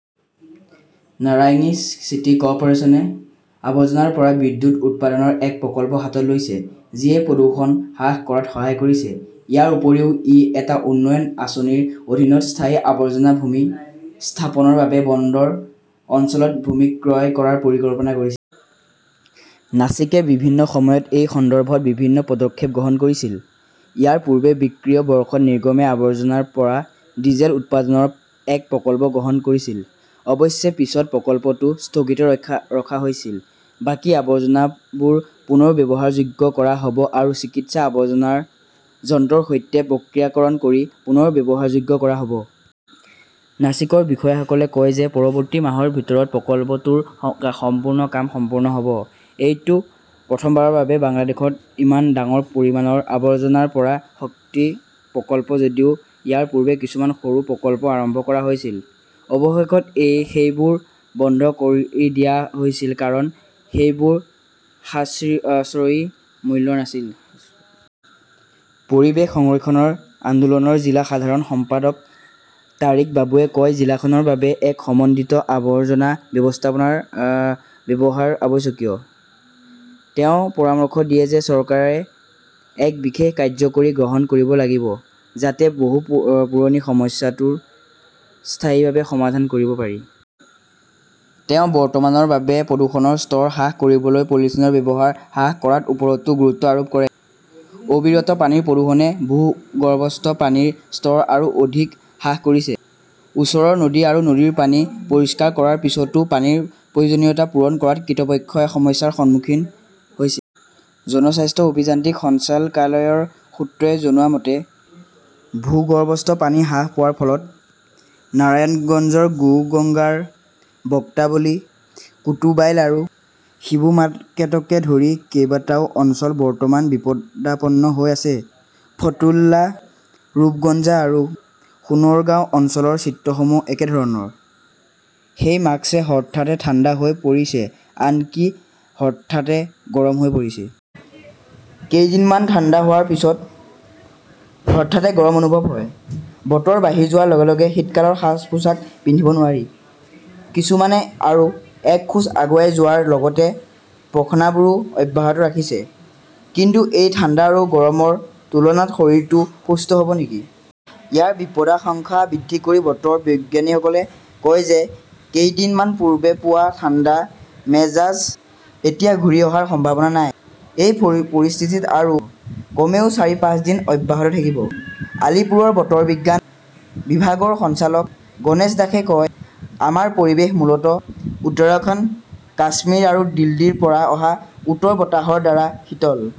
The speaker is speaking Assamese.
নাৰাংইজ চিটি কৰ্পোৰেচনে আৱৰ্জনাৰ পৰা বিদ্যুৎ উৎপাদনৰ এক প্ৰকল্প হাতত লৈছে, যিয়ে প্ৰদূষণ হ্ৰাস কৰাত সহায় কৰিছে। ইয়াৰ উপৰিও ই এটা উন্নয়ন আঁচনিৰ অধীনত স্থায়ী আৱৰ্জনা ভূমি স্থাপনৰ বাবে বন্দৰ অঞ্চলত ভূমি ক্ৰয় কৰাৰ পৰিকল্পনা কৰিছে। নাছিকে বিভিন্ন সময়ত এই সন্দৰ্ভত বিভিন্ন পদক্ষেপ গ্ৰহণ কৰিছিল। ইয়াৰ পূৰ্বে বিত্তীয় বৰ্ষত নিগমে আৱৰ্জনাৰ পৰা ডিজেল উৎপাদনৰ এক প্ৰকল্প গ্ৰহণ কৰিছিল। অৱশ্যে পিছত প্ৰকল্পটো স্থগিত ৰখা হৈছিল। বাকী আৱৰ্জনাবোৰ পুনৰ ব্যৱহাৰযোগ্য কৰা হ 'ব আৰু চিকিৎসা আৱৰ্জনা যন্ত্ৰৰ সৈতে প্ৰক্ৰিয়াকৰণ কৰি পুনৰ ব্যৱহাৰযোগ্য কৰা হ' ব। নাছিকৰ বিষয়াসকলে কয় যে পৰৱৰ্তী মাহৰ ভিতৰত প্ৰকল্পটোৰ সম্পূৰ্ণ কাম সম্পূৰ্ণ হ'ব ।এইটো প্ৰথমবাৰৰ বাবে বাংলাদেশত ইমান ডাঙৰ পৰিমাণৰ আৱৰ্জনাৰ পৰা শক্তি প্ৰকল্প যদিও ইয়াৰ পূৰ্বে কিছুমান সৰু প্ৰকল্প আৰম্ভ কৰা হৈছিল, অৱশেষত সেইবোৰ বন্ধ কৰি দিয়া হৈছিল কাৰণ সেইবোৰ সাশ্ৰয়ী মূল্যৰ নাছিল। পৰিৱেশ সংৰক্ষণ আন্দোলনৰ জিলা সাধাৰণ সম্পাদক তাৰিক বাবুৱে কয় জিলাখনৰ বাবে এক সমন্বিত আৱৰ্জনা ব্যৱস্থাপনা ব্যৱস্থা অত্যাৱশ্যকীয়। তেওঁ পৰামৰ্শ দিয়ে যে চৰকাৰে এক বিশেষ কাৰ্যকৰী গ্ৰহণ কৰিব লাগিব যাতে বহু পুৰণি সমস্যাটো স্থায়ীভাৱে সমাধান কৰিব পাৰি। তেওঁ বৰ্তমানৰ বাবে প্ৰদূষণৰ স্তৰ হ্ৰাস কৰিবলৈ পলিথিনৰ ব্যৱহাৰ হ্ৰাস কৰাৰ ওপৰতো গুৰুত্ব আৰোপ কৰে। অবিৰত পানীৰ প্ৰদূষণে ভূগৰ্ভস্থ, পানীৰ স্তৰ আৰু অধিক হ্ৰাস কৰিছে। ওচৰৰ নদী আৰু নদীৰ পানী পৰিষ্কাৰ কৰাৰ পিছতো পানীৰ প্ৰয়োজনীয়তা পূৰণ কৰাত কৰ্তৃপক্ষই সমস্যাৰ সন্মুখীন হৈছে। জনস্বাস্থ্য অভিযান্ত্ৰিক সঞ্চালকালয়ৰ সূত্ৰই জনোৱা মতে, ভূগৰ্ভস্থ পানী হ্ৰাস পোৱাৰ ফলত নাৰায়ণগঞ্জৰ গোগঙ্গাৰ, বক্তাবলী, কুতুবাইল আৰু শিৱুমাৰ্কেটকে ধৰি কেইবাটাও অঞ্চল বৰ্তমান বিপদাপন্ন হৈ আছে। ফতুল্লা, ৰূপগঞ্জ আৰু সোণৰগাঁও অঞ্চলৰ চিত্ৰসমূহ একেধৰণৰ। সেই মাস্কে হঠাতে ঠাণ্ডা হৈ পৰিছে আনকি হঠাতে গৰম হৈ পৰিছে। কেইদিনমান ঠাণ্ডা হোৱাৰ পিছত হঠাতে গৰম অনুভৱ হয়। বতৰ বাঢ়ি যোৱাৰ লগে -লগে শীতকালৰ সাজ-পোছাক পিন্ধিব নোৱাৰি। কিছুমানে আৰু এক খোজ আগুৱাই যোৱাৰ লগতে পাখনাবোৰো অব্যাহত ৰাখিছে। কিন্তু এই ঠাণ্ডা আৰু গৰমৰ দোলনাত শৰীৰটো সুস্থ হ'ব নেকি? ইয়াৰ বিপদাশংকা বৃদ্ধি কৰি বতৰ বিজ্ঞানীসকলে কয় যে কেইদিনমান পূৰ্বে পোৱা ঠাণ্ডা মেজাজ এতিয়া ঘূৰি অহাৰ সম্ভাৱনা নাই। এই পৰিস্থিতি আৰু কমেও চাৰি-পাঁচ দিন অব্যাহত থাকিব। আলিপুৰৰ বতৰ বিজ্ঞান বিভাগৰ সঞ্চালক গণেশ দাসে কয়, আমাৰ পৰিৱেশ মূলত উত্তৰাখণ্ড, কাশ্মীৰ আৰু দিল্লীৰ পৰা অহা উত্তৰ বতাহৰ দ্বাৰা শীতল।